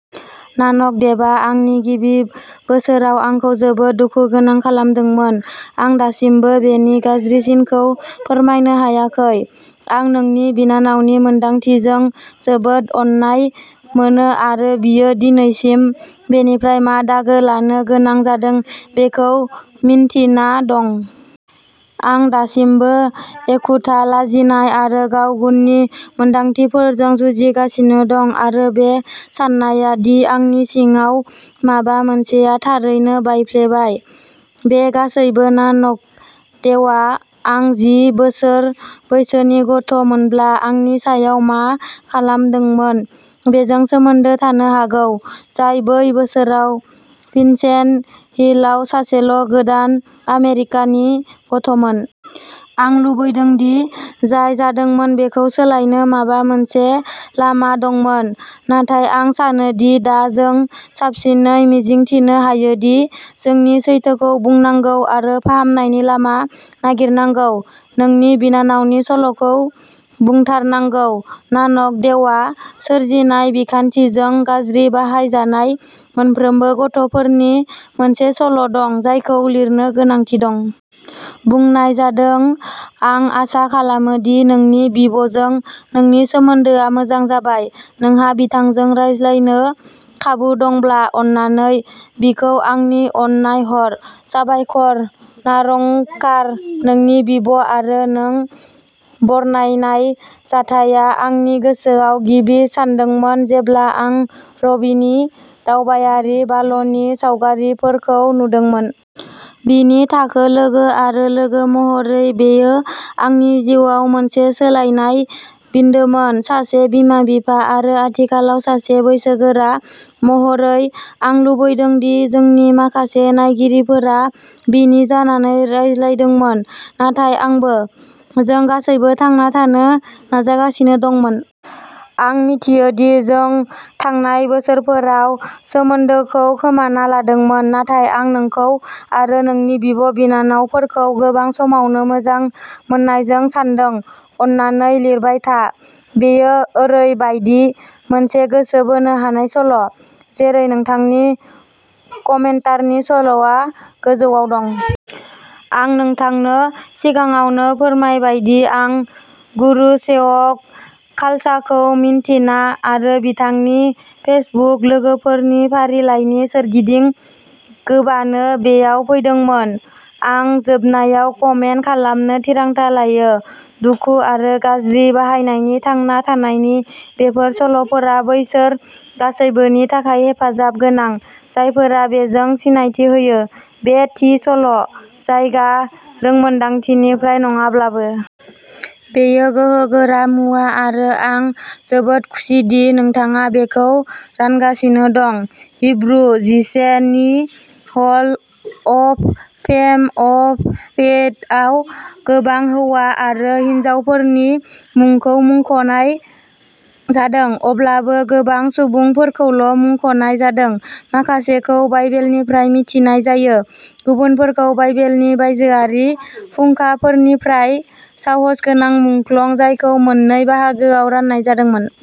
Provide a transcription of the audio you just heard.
नानक देबआ आंनि गिबि बोसोराव आंखौ जोबोद दुखुगोनां खालामदोंमोन। आं दासिमबो बेनि गाज्रिसिनखौ फोरमायनो हायाखै। आं नोंनि बिनानावनि मोन्दांथिजों जोबोद अननाय मोनो आरो बियो दिनैसिम बेनिफ्राय मा दागो लानो गोनां जादों बेखौ मिन्थिना दं। आं दासिमबो एखुथा, लाजिनाय आरो गाव गुननि मोनदांथिफोरजों जुजिगासिनो दं आरो बे साननाया दि आंनि सिङाव माबा मोनसेआ थारैनो बायफ्लेबाय। बे गासैबो नानक देवआ आं जि बोसोर बैसोनि गथ'मोनब्ला आंनि सायाव मा खालामदोंमोन बेजों सोमोन्दो थानो हागौ, जाय बै बोसोराव भिनसेन्ट हिलआव सासेल' गोदान आमेरिकानि गथ'मोन। आं लुबैदों दि जाय जादोंमोन बेखौ सोलायनो माबा मोनसे लामा दंमोन नाथाय आं सानो दि दा जों साबसिनै मिजिंथिनो हायोदि जोंनि सैथोखौ बुंनांगौ आरो फाहामनायनि लामा नागिरनांगौ। नोंनि बिनानावनि सल'खौ बुंथारनांगौ। नानक देवआ सोरजिनाय बिखान्थिजों गाज्रि बाहायजानाय मोनफ्रोमबो गथ'फोरनि मोनसे सल' दं जायखौ लिरनो गोनांथि दं। बुंनाय जादों आं आसा खालामो दि नोंनि बिब' जों नोंनि सोमोन्दोआ मोजां जाबाय। नोंहा बिथांजों रायज्लायनो खाबु दंब्ला, अन्नानै बिखौ आंनि अननाय हर। साबायखर नारंगकार नोंनि बिब' आरो नों बरनायनाय जाथायआ आंनि गोसोआव गिबि सानदोंमोन जेब्ला आं रबिनि दावबायारि बांल'नि सावगारिफोरखौ नुदोंमोन। बिनि थाखो लोगो आरो लोगो महरै बेयो आंनि जिउआव मोनसे सोलायनाय बिन्दोमोन। सासे बिमा-बिफा आरो आथिखालाव सासे बैसोगोरा महरै, आं लुबैदों दि जोंनि माखासे नायगिरिफोरा बिनि जानानै रायज्लायदोंमोन नाथाय आंबो। जों गासैबो थांना थानो नाजागासिनो दंमोन। आं मिथियो दि जों थांनाय बोसोरफोराव सोमोन्दोखौ खोमाना लादोंमोन नाथाय आं नोंखौ आरो नोंनि बिब'- बिनानावफोरखौ गोबां समावनो मोजां मोननायजों सानदों। अन्नानै लिरबाय था। बेयो ओरैबायदि मोनसे गोसो बोनो हानाय सल', जेरै नोंथांनि कमेन्टारनि सल'आ गोजौवाव दं। आं नोंथांनो सिगाङावनो फोरमायबाय दि आं गुरुसेवक खालसाखौ मिन्थिना आरो बिथांनि फेसबुक लोगोफोरनि फारिलाइनि सोरगिदिं गोबानो बेयाव फैदोंमोन। आं जोबनायाव कमेन्ट खालामनो थिरांथा लायो। दुखु आरो गाज्रि बाहायनायनि थांना थानायनि बेफोर सल'फोरा बैसोर गासैबोनि थाखाय हेफाजाब गोनां, जायफोरा बेजों सिनायथि होयो, बे थि सल' जायगा रोंमोनदांथिनिफ्राय नङाब्लाबो। बेयो गोहोगोरा मुवा आरो आं जोबोद खुसिदि नोंथाङा बेखौ रानगासिनो दं। हिब्रु जिसे नि hall of fame of faith आव गोबां हौवा आरो हिनजावफोरनि मुंखौ मुंख'नाय जादों, अब्लाबो गोबां सुबुंफोरखौल' मुंख'नाय जादों। माखासेखौ बाइबेलनिफ्राय मिथिनाय जायो, गुबुनफोरखौ बाइबेलनि बायजोआरि फुंखाफोरनिफ्राय। साहसगोनां मुंख्लं जायखौ मोननै बाहागोआव रान्नाय जादोंमोन।